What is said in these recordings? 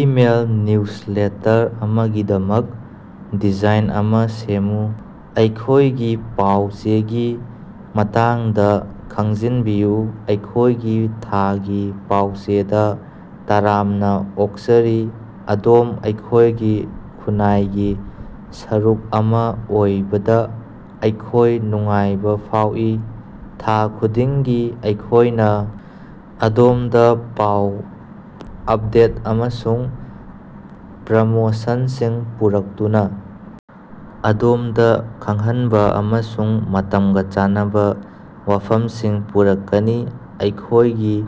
Email newsletter ꯑꯃꯒꯤꯗꯃꯛ design ꯑꯃꯥ ꯁꯦꯝꯃꯨ꯫ ꯑꯩꯈꯣꯏꯒꯤ ꯄꯥꯎ-ꯆꯦꯒꯤ ꯃꯇꯥꯡꯗꯥ ꯈꯪꯖꯤꯟꯕꯤꯌꯨ꯫ ꯑꯩꯈꯣꯏꯒꯤ ꯊꯥꯒꯤ ꯄꯥꯎꯆꯦꯗꯥ ꯇꯔꯥꯝꯅꯥ ꯑꯣꯛꯆꯔꯤ꯫ ꯑꯗꯣꯝ ꯑꯩꯈꯣꯏꯒꯤ ꯈꯨꯟꯅꯥꯏꯒꯤ ꯁꯔꯨꯛ ꯑꯃꯥ ꯑꯣꯏꯕꯗꯥ ꯑꯩꯈꯣꯏ ꯅꯨꯡꯉꯥꯏꯕꯥ ꯐꯥꯎꯏ꯫ ꯊꯥ ꯈꯨꯗꯤꯡꯒꯤ ꯑꯩꯈꯣꯏꯅꯥ ꯑꯗꯣꯝꯗꯥ ꯄꯥꯎ, ꯑꯞꯗꯦꯠ ꯑꯃꯁꯨꯡ ꯄ꯭ꯔꯃꯣꯁꯟꯁꯤꯡ ꯄꯨꯔꯛꯇꯨꯅꯥ ꯑꯗꯣꯝꯗꯥ ꯈꯪꯍꯟꯕꯥ ꯑꯃꯁꯨꯡ ꯃꯇꯝꯒꯥ ꯆꯥꯟꯅꯕꯥ ꯋꯥꯐꯝꯁꯤꯡ ꯄꯨꯔꯛꯀꯅꯤ꯫ ꯑꯩꯈꯣꯏꯒꯤ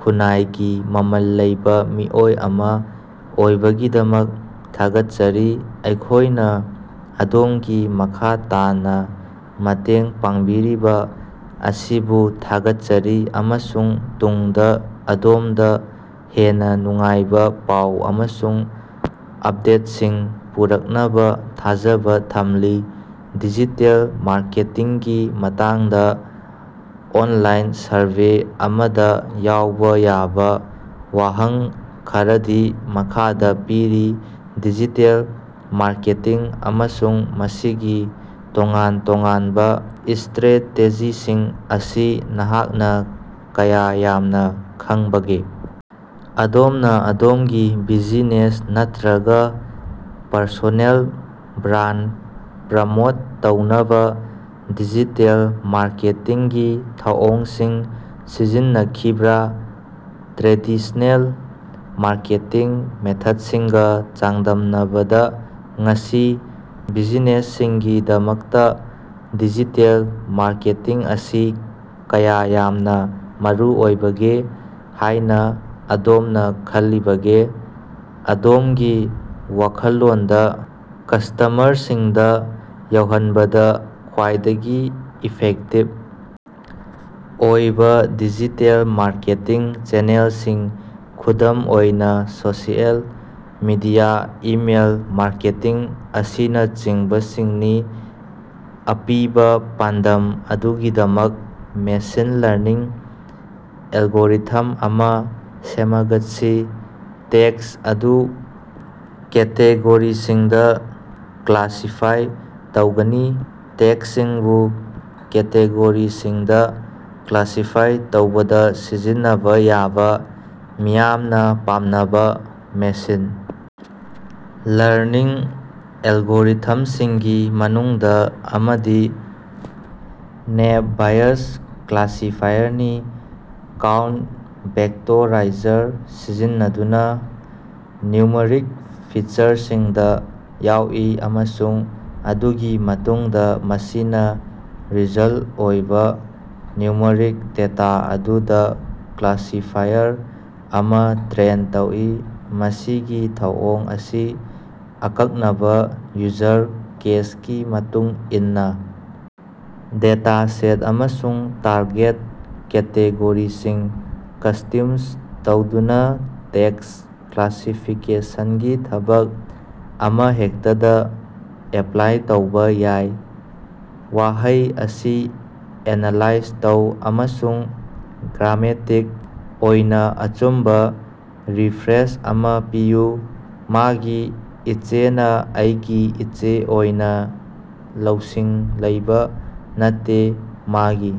ꯈꯨꯟꯅꯥꯏꯒꯤ ꯃꯃꯜ ꯂꯩꯕꯥ ꯃꯤꯑꯣꯏ ꯑꯃꯥ ꯑꯣꯏꯕꯒꯤꯗꯃꯛ ꯊꯥꯒꯠꯆꯔꯤ꯫ ꯑꯩꯈꯣꯏꯅꯥ ꯑꯗꯣꯝꯒꯤ ꯃꯈꯥ ꯇꯥꯅꯥ ꯃꯇꯦꯡ ꯄꯥꯡꯕꯤꯔꯤꯕꯥ ꯑꯁꯤꯕꯨ ꯊꯥꯒꯠꯆꯔꯤ ꯑꯃꯁꯨꯡ ꯇꯨꯡꯗꯥ ꯑꯗꯣꯝꯗꯥ ꯍꯦꯟꯅꯥ ꯅꯨꯡꯉꯥꯏꯕꯥ ꯄꯥꯎ ꯑꯃꯁꯨꯡ ꯑꯞꯗꯦꯠꯁꯤꯡ ꯄꯨꯔꯛꯅꯕꯥ ꯊꯥꯖꯕꯥ ꯊꯝꯂꯤ꯫ ꯗꯤꯖꯤꯇꯦꯜ ꯃꯥꯔꯀꯦꯇꯤꯡꯒꯤ ꯃꯇꯥꯡꯗꯥ ꯑꯣꯟꯂꯥꯏꯟ ꯁꯔꯚꯦ ꯑꯃꯗꯥ ꯌꯥꯎꯕꯥ ꯌꯥꯕꯥ ꯋꯥꯍꯪ ꯈꯔꯗꯤ ꯃꯈꯥꯗꯥ ꯄꯤꯔꯤ: ꯗꯤꯖꯤꯇꯦꯜ ꯃꯥꯔꯀꯦꯇꯤꯡ ꯑꯃꯁꯨꯡ ꯃꯁꯤꯒꯤ ꯇꯣꯉꯥꯟ-ꯇꯣꯉꯥꯟꯕꯥ ꯏꯁꯇ꯭ꯔꯦꯇꯦꯖꯤꯁꯤꯡ ꯑꯁꯤ ꯅꯍꯥꯛꯅꯥ ꯀꯌꯥ ꯌꯥꯝꯅꯥ ꯈꯪꯕꯒꯦ? ꯑꯗꯣꯝꯅꯥ ꯑꯗꯣꯝꯒꯤ ꯕꯤꯖꯤꯅꯦꯁ ꯅꯠꯇ꯭ꯔꯒꯥ ꯄꯔꯁꯣꯅꯦꯜ ꯕ꯭ꯔꯥꯟ ꯄ꯭ꯔꯃꯣꯠ ꯇꯧꯅꯕꯥ ꯗꯤꯖꯤꯇꯦꯜ ꯃꯥꯔꯀꯦꯇꯤꯡꯒꯤ ꯊꯧꯑꯣꯡꯁꯤꯡ ꯁꯤꯖꯤꯟꯅꯈꯤꯕ꯭ꯔꯥ? ꯇ꯭ꯔꯦꯗꯤꯁꯅꯦꯜ ꯃꯥꯔꯀꯦꯇꯤꯡ ꯃꯦꯊꯠꯁꯤꯡꯒꯥ ꯆꯥꯡꯗꯝꯅꯕꯗꯥ ꯉꯁꯤ ꯕꯤꯖꯤꯅꯦꯁꯁꯤꯡꯒꯤꯗꯃꯛꯇꯥ ꯗꯤꯖꯤꯇꯦꯜ ꯃꯥꯔꯀꯦꯇꯤꯡ ꯑꯁꯤ ꯀꯌꯥ ꯌꯥꯝꯅꯥ ꯃꯔꯨꯑꯣꯏꯕꯒꯦ ꯍꯥꯏꯅꯥ ꯑꯗꯣꯝꯅꯥ ꯈꯜꯂꯤꯕꯒꯦ? ꯑꯗꯣꯝꯒꯤ ꯋꯥꯈꯜꯂꯣꯟꯗꯥ ꯀꯁ꯭ꯇꯃꯔꯁꯤꯡꯗꯥ ꯌꯧꯍꯟꯕꯗꯥ ꯈ꯭ꯋꯥꯏꯗꯒꯤ ꯏꯐꯦꯛꯇꯤꯕ ꯑꯣꯏꯕꯥ ꯗꯤꯖꯤꯇꯦꯜ ꯃꯥꯔꯀꯦꯇꯤꯡ ꯆꯦꯅꯦꯜꯁꯤꯡ ꯈꯨꯗꯝ ꯑꯣꯏꯅꯥ ꯁꯣꯁꯤꯑꯦꯜ ꯃꯤꯗꯤꯌꯥ, ꯏꯃꯦꯜ ꯃꯥꯔꯀꯦꯇꯤꯡ ꯑꯁꯤꯅꯆꯤꯡꯕꯁꯤꯡꯅꯤ꯫ ꯑꯄꯤꯕꯥ ꯄꯥꯟꯗꯝ ꯑꯗꯨꯒꯤꯗꯃꯛ ꯃꯦꯁꯤꯟ ꯂꯔꯅꯤꯡ ꯑꯦꯜꯒꯣꯔꯤꯊꯝ ꯑꯃꯥ ꯁꯦꯃꯒꯠꯁꯤ꯫ ꯇꯦꯛꯁ ꯑꯗꯨ ꯀꯦꯇꯦꯒꯣꯔꯤꯁꯤꯡꯗꯥ ꯀ꯭ꯂꯥꯁꯤꯐꯥꯏ ꯇꯧꯒꯅꯤ꯫ ꯇꯦꯛꯁꯁꯤꯡꯕꯨ ꯀꯦꯇꯦꯒꯣꯔꯤꯁꯤꯡꯗꯥ ꯀ꯭ꯂꯥꯁꯤꯐꯥꯏ ꯇꯧꯕꯗꯥ ꯁꯤꯖꯤꯟꯅꯕꯥ ꯌꯥꯕꯥ ꯃꯤꯌꯥꯝꯅꯥ ꯄꯥꯝꯅꯕꯥ ꯃꯦꯁꯤꯟ ꯂꯔꯅꯤꯡ ꯑꯦꯜꯒꯣꯔꯤꯊꯝꯁꯤꯡꯒꯤ ꯃꯅꯨꯡꯗꯥ ꯑꯃꯗꯤ ꯅꯦꯏꯞ ꯕꯥꯏꯌꯁ ꯀ꯭ꯂꯥꯁꯤꯐꯥꯏꯌꯔꯅꯤ꯫ ꯀꯥꯎꯟ-ꯚꯦꯛꯇꯣꯔꯥꯏꯖꯔ ꯁꯤꯖꯤꯟꯅꯗꯨꯅꯥ ꯅ꯭ꯌꯨꯃꯔꯤꯛ ꯐꯤꯆꯔꯁꯤꯡꯗꯥ ꯌꯥꯎꯏ ꯑꯃꯁꯨꯡ ꯃꯗꯨꯒꯤ ꯃꯇꯨꯡꯗꯥ ꯃꯁꯤꯅꯥ ꯔꯤꯖꯜ ꯑꯣꯏꯕꯥ ꯅ꯭ꯌꯨꯃꯔꯤꯛ ꯗꯦꯇꯥ ꯑꯗꯨꯗꯥ ꯀ꯭ꯂꯥꯁꯤꯐꯥꯏꯌꯔ ꯑꯃꯥ ꯇ꯭ꯔꯦꯟ ꯇꯧꯏ꯫ ꯃꯁꯤꯒꯤ ꯊꯧꯑꯣꯡ ꯑꯁꯤ ꯑꯀꯛꯅꯕꯥ ꯌꯨꯖꯔ ꯀꯦꯁꯀꯤ ꯃꯇꯨꯡ ꯏꯟꯅꯥ ꯗꯦꯇꯥꯁꯦꯠ ꯑꯃꯁꯨꯡ ꯇꯥꯔꯒꯦꯠ ꯀꯦꯇꯦꯒꯣꯔꯤꯁꯤꯡ ꯀꯁꯇ꯭ꯌꯨꯝꯁ ꯇꯧꯗꯨꯅꯥ ꯇꯦꯛꯁ ꯀ꯭ꯂꯥꯁꯤꯐꯤꯀꯦꯁꯟꯒꯤ ꯊꯕꯛ ꯑꯃꯍꯦꯛꯇꯗꯥ ꯑꯦꯄ꯭ꯂꯥꯏ ꯇꯧꯕꯥ ꯌꯥꯏ꯫ ꯋꯥꯍꯩ ꯑꯁꯤ ꯑꯦꯅꯥꯂꯥꯏꯖ ꯇꯧ ꯑꯃꯁꯨꯡ ꯒ꯭ꯔꯥꯃꯦꯇꯤꯛ ꯑꯣꯏꯅꯥ ꯑꯆꯨꯝꯕꯥ ꯔꯤꯐ꯭ꯔꯦꯖ ꯑꯃꯥ ꯄꯤꯌꯨ꯫ ꯃꯥꯒꯤ ꯏꯆꯦꯅꯥ ꯑꯩꯒꯤ ꯏꯆꯦ ꯑꯣꯏꯅꯥ ꯂꯧꯁꯤꯡ ꯂꯩꯕꯥ ꯅꯠꯇꯦ꯫ ꯃꯥꯒꯤ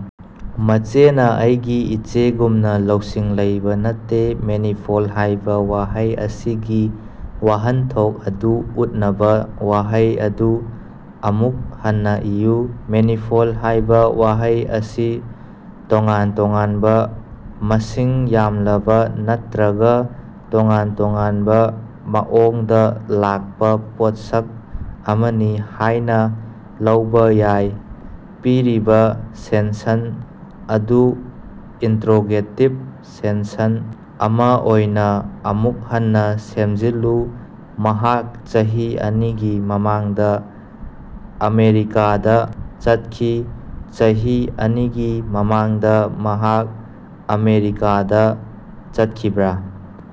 ꯃꯆꯦꯅꯥ ꯑꯩꯒꯤ ꯏꯆꯦꯒꯨꯝꯅꯥ ꯂꯧꯁꯤꯡ ꯂꯩꯕꯥ ꯅꯠꯇꯦ꯫ ꯃꯦꯅꯤꯐꯣꯜ ꯍꯥꯏꯕꯥ ꯋꯥꯍꯩ ꯑꯁꯤꯒꯤ ꯋꯥꯍꯟꯊꯣꯛ ꯑꯗꯨ ꯎꯠꯅꯕꯥ ꯋꯥꯍꯩ ꯑꯗꯨ ꯑꯃꯨꯛ ꯍꯟꯅꯥ ꯏꯌꯨ꯫ ꯃꯦꯅꯤꯐꯣꯜ ꯍꯥꯏꯕꯥ ꯋꯥꯍꯩ ꯑꯁꯤ ꯇꯣꯉꯥꯟ-ꯇꯣꯉꯥꯟꯕꯥ, ꯃꯁꯤꯡ ꯌꯥꯝꯂꯕꯥ ꯅꯠꯇ꯭ꯔꯒꯥ ꯇꯣꯉꯥꯟ-ꯇꯣꯉꯥꯟꯕꯥ ꯃꯑꯣꯡꯗꯥ ꯂꯥꯛꯄꯥ ꯄꯣꯠꯁꯛ ꯑꯃꯅꯤ ꯍꯥꯏꯅꯥ ꯂꯧꯕꯥ ꯌꯥꯏ꯫ ꯄꯤꯔꯤꯕꯥ ꯁꯦꯟꯁꯟ ꯑꯗꯨ ꯏꯟꯇ꯭ꯔꯣꯒꯦꯇꯤꯚ ꯁꯦꯟꯁꯟ ꯑꯃꯥ ꯑꯣꯏꯅꯥ ꯑꯃꯨꯛ ꯍꯟꯅꯥ ꯁꯦꯝꯖꯤꯜꯂꯨ꯫ ꯃꯍꯥꯛ ꯆꯍꯤ ꯑꯅꯤꯒꯤ ꯃꯃꯥꯡꯗꯥ ꯑꯃꯦꯔꯤꯀꯥꯗꯥ ꯆꯠꯈꯤ꯫ ꯆꯍꯤ ꯑꯅꯤꯒꯤ ꯃꯃꯥꯡꯗꯥ ꯃꯍꯥꯛ ꯑꯃꯦꯔꯤꯀꯥꯗꯥ ꯆꯠꯈꯤꯕ꯭ꯔꯥ?